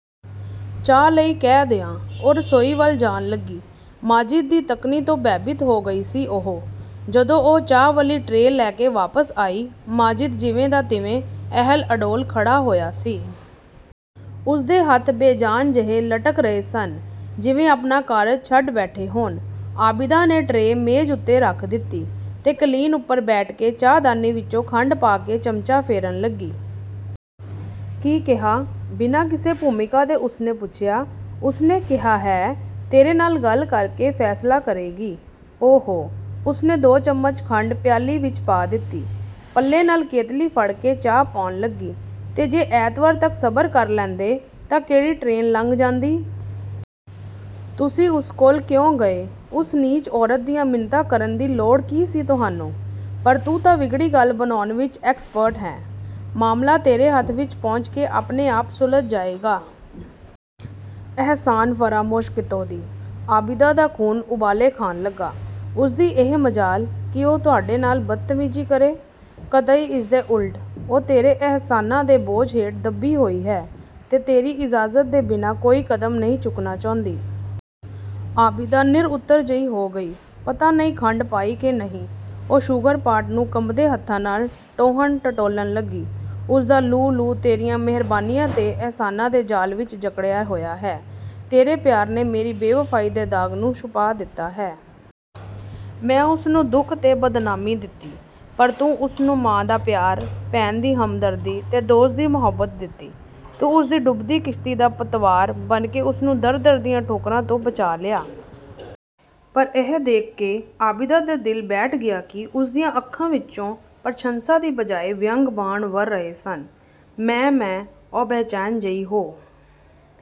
"ਚਾਹ ਲਈ ਕਹਿ ਦਿਆਂ," ਉਹ ਰਸੋਈ ਵੱਲ ਜਾਣ ਲੱਗੀ, ਮਾਜਿਦ ਦੀ ਤੱਕਣੀ ਤੋਂ ਭੈਭੀਤ ਹੋ ਗਈ ਸੀ ਉਹ। ਜਦੋਂ ਉਹ ਚਾਹ ਵਾਲੀ ਟਰੇ ਲੈ ਕੇ ਵਾਪਸ ਆਈ, ਮਾਜਿਦ ਜਿਵੇਂ ਦਾ ਤਿਵੇਂ, ਅਹਿਲ-ਅਡੋਲ, ਖੜ੍ਹਾ ਹੋਇਆ ਸੀ। ਉਸਦੇ ਹੱਥ ਬੇਜਾਨ ਜਿਹੇ ਲਟਕ ਰਹੇ ਸਨ ਜਿਵੇਂ ਆਪਣਾ ਕਾਰਜ ਛੱਡ ਬੈਠੇ ਹੋਣ। ਆਬਿਦਾ ਨੇ ਟਰੇ ਮੇਜ਼ ਉੱਤੇ ਰੱਖ ਦਿੱਤੀ ਤੇ ਕਲੀਨ ਉੱਪਰ ਬੈਠ ਕੇ ਚਾਹਦਾਨੀ ਵਿੱਚੋਂ ਖੰਡ ਪਾ ਕੇ ਚਮਚਾ ਫੇਰਨ ਲੱਗੀ। "ਕੀ ਕਿਹਾ?" ਬਿਨਾਂ ਕਿਸੇ ਭੂਮਿਕਾ ਦੇ ਉਸਨੇ ਪੁੱਛਿਆ। "ਉਸਨੇ ਕਿਹਾ ਹੈ, ਤੇਰੇ ਨਾਲ ਗੱਲ ਕਰਕੇ ਫੈਸਲਾ ਕਰੇਗੀ।" "ਓ-ਹੋ--" ਉਸਨੇ ਦੋ ਚਮਚ ਖੰਡ ਪਿਆਲੀ ਵਿੱਚ ਪਾ ਦਿੱਤੀ। ਪੱਲੇ ਨਾਲ ਕੇਤਲੀ ਫੜ੍ਹ ਕੇ ਚਾਹ ਪਾਉਣ ਲੱਗੀ, "ਤੇ ਜੇ ਐਤਵਾਰ ਤੱਕ ਸਬਰ ਕਰ ਲੈਂਦੇ ਤਾਂ ਕਿਹੜੀ ਟਰੇਨ ਲੰਘ ਜਾਂਦੀ! ਤੁਸੀਂ ਉਸ ਕੋਲ ਕਿਉਂ ਗਏ? ਉਸ ਨੀਚ ਔਰਤ ਦੀਆਂ ਮਿੰਨਤਾਂ ਕਰਨ ਦੀ ਲੋੜ ਕੀ ਸੀ ਤੁਹਾਨੂੰ?" "ਪਰ ਤੂੰ ਤਾਂ ਵਿਗੜੀ ਗੱਲ ਬਣਾਉਣ ਵਿੱਚ ਐਕਸਪਰਟ ਹੈਂ, ਮਾਮਲਾ ਤੇਰੇ ਹੱਥ ਵਿੱਚ ਪਹੁੰਚ ਕੇ ਆਪਣੇ ਆਪ ਸੁਲਝ ਜਾਏਗਾ।" "ਅਹਿਸਾਨ ਫ਼ਰਾਮੋਸ਼ ਕਿਤੋਂ ਦੀ," ਆਬਿਦਾ ਦਾ ਖ਼ੂਨ ਉਬਾਲੇ ਖਾਣ ਲੱਗਾ, "ਉਸਦੀ ਇਹ ਮਜ਼ਾਲ ਕਿ ਉਹ ਤੁਹਾਡੇ ਨਾਲ ਬਦਤਮੀਜ਼ੀ ਕਰੇ।" "ਕਤਈ ਇਸ ਦੇ ਉਲਟ, ਉਹ ਤੇਰੇ ਅਹਿਸਾਨਾਂ ਦੇ ਬੋਝ ਹੇਠ ਦੱਬੀ ਹੋਈ ਹੈ ਤੇ ਤੇਰੀ ਇਜਾਜ਼ਤ ਦੇ ਬਿਨਾਂ ਕੋਈ ਕਦਮ ਨਹੀਂ ਚੁੱਕਣਾ ਚਾਹੁੰਦੀ।" ਆਬਿਦਾ ਨਿਰਉੱਤਰ ਜਿਹੀ ਹੋ ਗਈ। "ਪਤਾ ਨਹੀਂ ਖੰਡ ਪਾਈ ਕਿ ਨਹੀਂ!" ਉਹ ਸ਼ੂਗਰ-ਪਾਟ ਨੂੰ ਕੰਬਦੇ ਹੱਥਾਂ ਨਾਲ ਟੋਹਣ-ਟਟੋਲਨ ਲੱਗੀ। "ਉਸਦਾ ਲੂੰ-ਲੂੰ ਤੇਰੀਆਂ ਮਿਹਰਬਾਨੀਆਂ ਤੇ ਅਹਿਸਾਨਾਂ ਦੇ ਜਾਲ ਵਿੱਚ ਜਕੜਿਆ ਹੋਇਆ ਹੈ। ਤੇਰੇ ਪਿਆਰ ਨੇ ਮੇਰੀ ਬੇਵਫ਼ਾਈ ਦੇ ਦਾਗ਼ ਨੂੰ ਛੁਪਾ ਦਿੱਤਾ ਹੈ। ਮੈਂ ਉਸਨੂੰ ਦੁੱਖ ਤੇ ਬਦਨਾਮੀ ਦਿੱਤੀ। ਪਰ ਤੂੰ ਉਸਨੂੰ ਮਾਂ ਦਾ ਪਿਆਰ, ਭੈਣ ਦੀ ਹਮਦਰਦੀ ਤੇ ਦੋਸਤ ਦੀ ਮੁਹੱਬਤ ਦਿੱਤੀ। ਤੂੰ ਉਸਦੀ ਡੁੱਬਦੀ ਕਿਸ਼ਤੀ ਦਾ ਪਤਵਾਰ ਬਣ ਕੇ ਉਸਨੂੰ ਦਰ-ਦਰ ਦੀਆਂ ਠੋਕਰਾਂ ਤੋਂ ਬਚਾ ਲਿਆ। ਪਰ ਇਹ ਦੇਖ ਕੇ ਆਬਿਦਾ ਦਾ ਦਿਲ ਬੈਠ ਗਿਆ ਕਿ ਉਸਦੀਆਂ ਅੱਖਾਂ ਵਿੱਚੋਂ ਪ੍ਰਸ਼ੰਸਾ ਦੀ ਬਜਾਏ ਵਿਅੰਗ-ਬਾਣ ਵਰ੍ਹ ਰਹੇ ਸਨ। "ਮੈਂ-ਮੈਂ-" ਉਹ ਬੇਚੈਨ ਜਿਹੀ ਹੋ